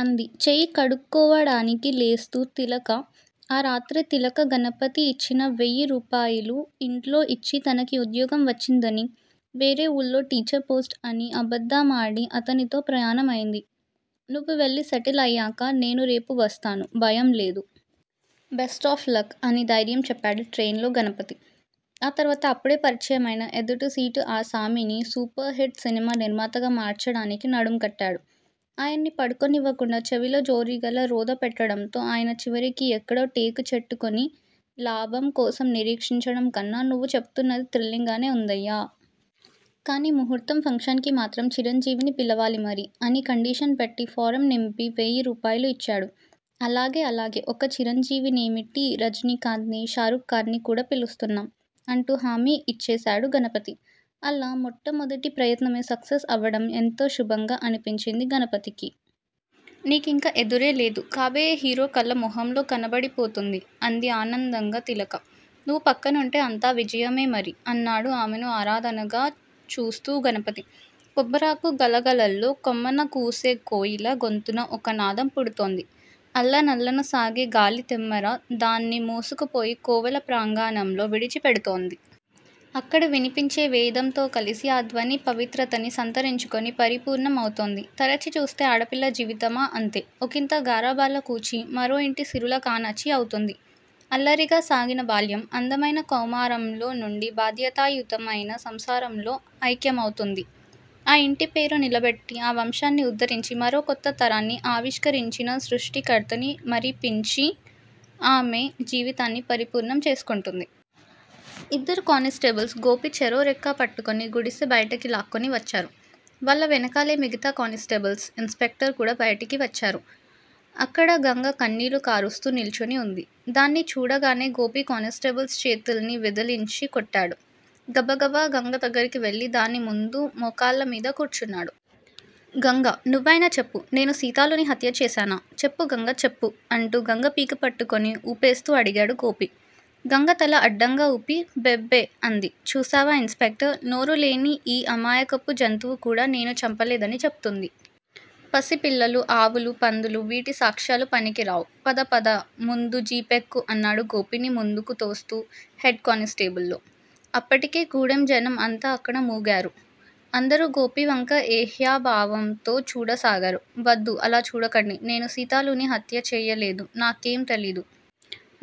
అంది చెయ్యి కడుక్కోవడానికి లేస్తూ తిలక. ఆ రాత్రే తిలక గణపతి ఇచ్చిన వెయ్యి రూపాయలూ ఇంట్లో ఇచ్చి తనకి ఉద్యోగం వచ్చిందనీ, వేరే వూళ్ళో టీచర్ పోస్ట్ అనీ అబద్దమాడి అతనితో ప్రయాణమైంది. నువ్వు వెళ్లి సెటిల్ అయ్యాక నేను రేపు వస్తాను. భయం లేదు. Best of luck! అని ధైర్యం చెప్పాడు ట్రైన్ లో గణపతి. ఆ తర్వాత అప్పుడే పరిచయమైన ఎదుటి సీటు ఆసామిని సూపర్ హిట్ సినిమా నిర్మాతగా మార్చడానికి నడుం కట్టాడు. ఆయన్ని పడుకోనివ్వకుండా చెవిలో జోరీగలా రొద పెట్టడంతో ఆయన చివరికి ఎక్కడో టేకు చెట్టుకొని లాభం కోసం నిరీక్షించడం కన్నా నువ్వు చెపుతున్నది థ్రిల్లింగ్ గానే ఉందయ్యా! కానీ ముహూర్తం ఫంక్షన్ కి మాత్రం చిరంజీవిని పిలవాలి మరి! అని కండీషన్ పెట్టి, ఫారం నింపి వెయ్యి రూపాయలూ ఇచ్చాడు. అలాగే అలాగే ఒక్క చిరంజీవినేమిటీ, రజనీకాంత్ నీ, షారూఖ్ ఖాన్ నీ కూడా పిలుస్తున్నాం! అంటూ హామీ ఇచ్చేశాడు గణపతి. అలా మొట్టమొదటి ప్రయత్నమే సక్సెస్ అవడం ఎంతో శుభంగా అనిపించింది గణపతికి. నీకింక ఎదురే లేదు! కాబోయే హీరో కళ మొహంలో కనపడిపోతోంది! అంది ఆనందంగా తిలక. నువ్వు పక్కనుంటే అంతా విజయమే మరి! అన్నాడు ఆమెను ఆరాధనగా చూస్తూ గణపతి. కొబ్బరాకు గలగలల్లో కొమ్మనకూసే కోయిల గొంతున ఒకనాధం పుడుతోంది. అల్లనల్లన సాగే గాలితెమ్మెర దాన్ని మోసుకుపోయి కోవెల ప్రాంగణంలో విడిచి పెడుతోంది. అక్కడ వినిపించే వేదంతో కలిసి ఆ ధ్వని పవిత్రతని సంతరించుకొని పరిపూర్ణమౌతోంది. తరచి చూస్తే ఆడపిల్ల జీవితమా అంతే. ఒకింత గారాబాల కూచి మరో ఇంటి సిరుల కాణాచి అవుతుంది. అల్లరిగా సాగిన బాల్యం అందమైన కౌమారంలో నుండి బాధ్యతాయుతమైన సంసారంలో ఐక్యమవుతుంది. ఆ ఇంటి పేరు నిలబెట్టి ఆ వంశాన్ని ఉద్ధరించి మరో కొత్త తరాన్ని ఆవిష్కరించిన సృష్టికర్తని మరిపించి ఆమె జీవితాన్ని పరిపూర్ణం చేసుకుంటుంది. ఇద్దరు కానిస్టేబుల్స్ గోపీ చెరో రెక్కా పట్టుకుని గుడిసె బయటకి లాక్కుని వచ్చారు. వాళ్ళ వెనకాలే మిగతా కానిస్టేబుల్స్, ఇన్ స్పెక్టర్ కూడా బయటికి వచ్చారు. అక్కడ గంగ కన్నీళ్ళు కారుస్తూ నిల్చుని ఉంది. దాన్ని చూడగానే గోపి కానిస్టేబుల్స్ చేతుల్ని విదిలించి కొట్టాడు. గబగబా గంగ దగ్గరకి వెళ్ళి దాని ముందు మోకాళ్ళమీద కూర్చన్నాడు. గంగా నువ్వైనా చెప్పు. నేను సీతాలుని హత్య చేశానా? చెప్పు గంగా చెప్పు అంటూ గంగ పీక పట్టుకుని ఊపేస్తూ అడిగాడు గోపి. గంగ తల అడ్డంగా ఊపి భే భే అంది. చూశావా ఇన్ స్పెక్టర్! నోరులేని ఈ అమాయకపు జంతువు కూడా నేను చంపలేదని చెప్తుంది. పసిపిల్లలూ, ఆవులూ, పందులూ, వీటి సాక్ష్యాలు పనికిరావు. పద పద ముందు జీపెక్కు అన్నాడు గోపిని ముందుకు తోస్తూ హెడ్ కానిస్టేబులు. అప్పటికే గూడెంజనం అంతా అక్కడ మూగారు. అందరూ గోపివంక ఏహ్యభావంతో చూడసాగారు. వద్దు. అలా చూడకండి. నేను సీతాలుని హత్య చెయ్యలేదు. నాకేం తెలీదు.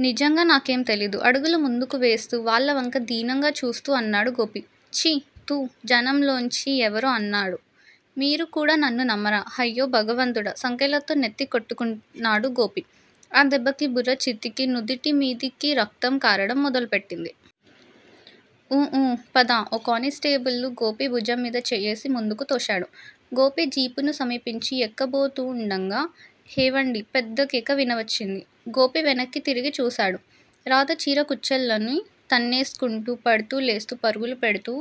నిజంగా నాకేం తెలీదు అడుగులు ముందుకు వేస్తూ వాళ్ళవంక దీనంగా చూస్తూ అన్నాడు గోపి. ఛీ థూ జనంలోంచి ఎవరో అన్నాడు. మీరు కూడా నన్ను నమ్మరా? హయ్యో భగవంతుడా సంకెళ్ళతో నెత్తి కొట్టుకున్నాడు గోపి. ఆ దెబ్బకి బుర్ర చితికి నుదుటిమీదికి రక్తం కారడం మొదలుపెట్టింది. ఊ ఊ పద ఓ కానిస్టేబులు గోపి భుజంమీద చెయ్యేసి ముందుకు తోశాడు. గోపి జీపును సమీపించి ఎక్కబోతూండగా. హేవండీ పెద్ద కేక వినవచ్చింది. గోపీ వెనక్కి తిరిగి చూశాడు. రాధ చీర కుచ్చెళ్లని తన్నేస్కుంటూ, పడ్తూ లేస్తూ పరుగులు పెడ్తూ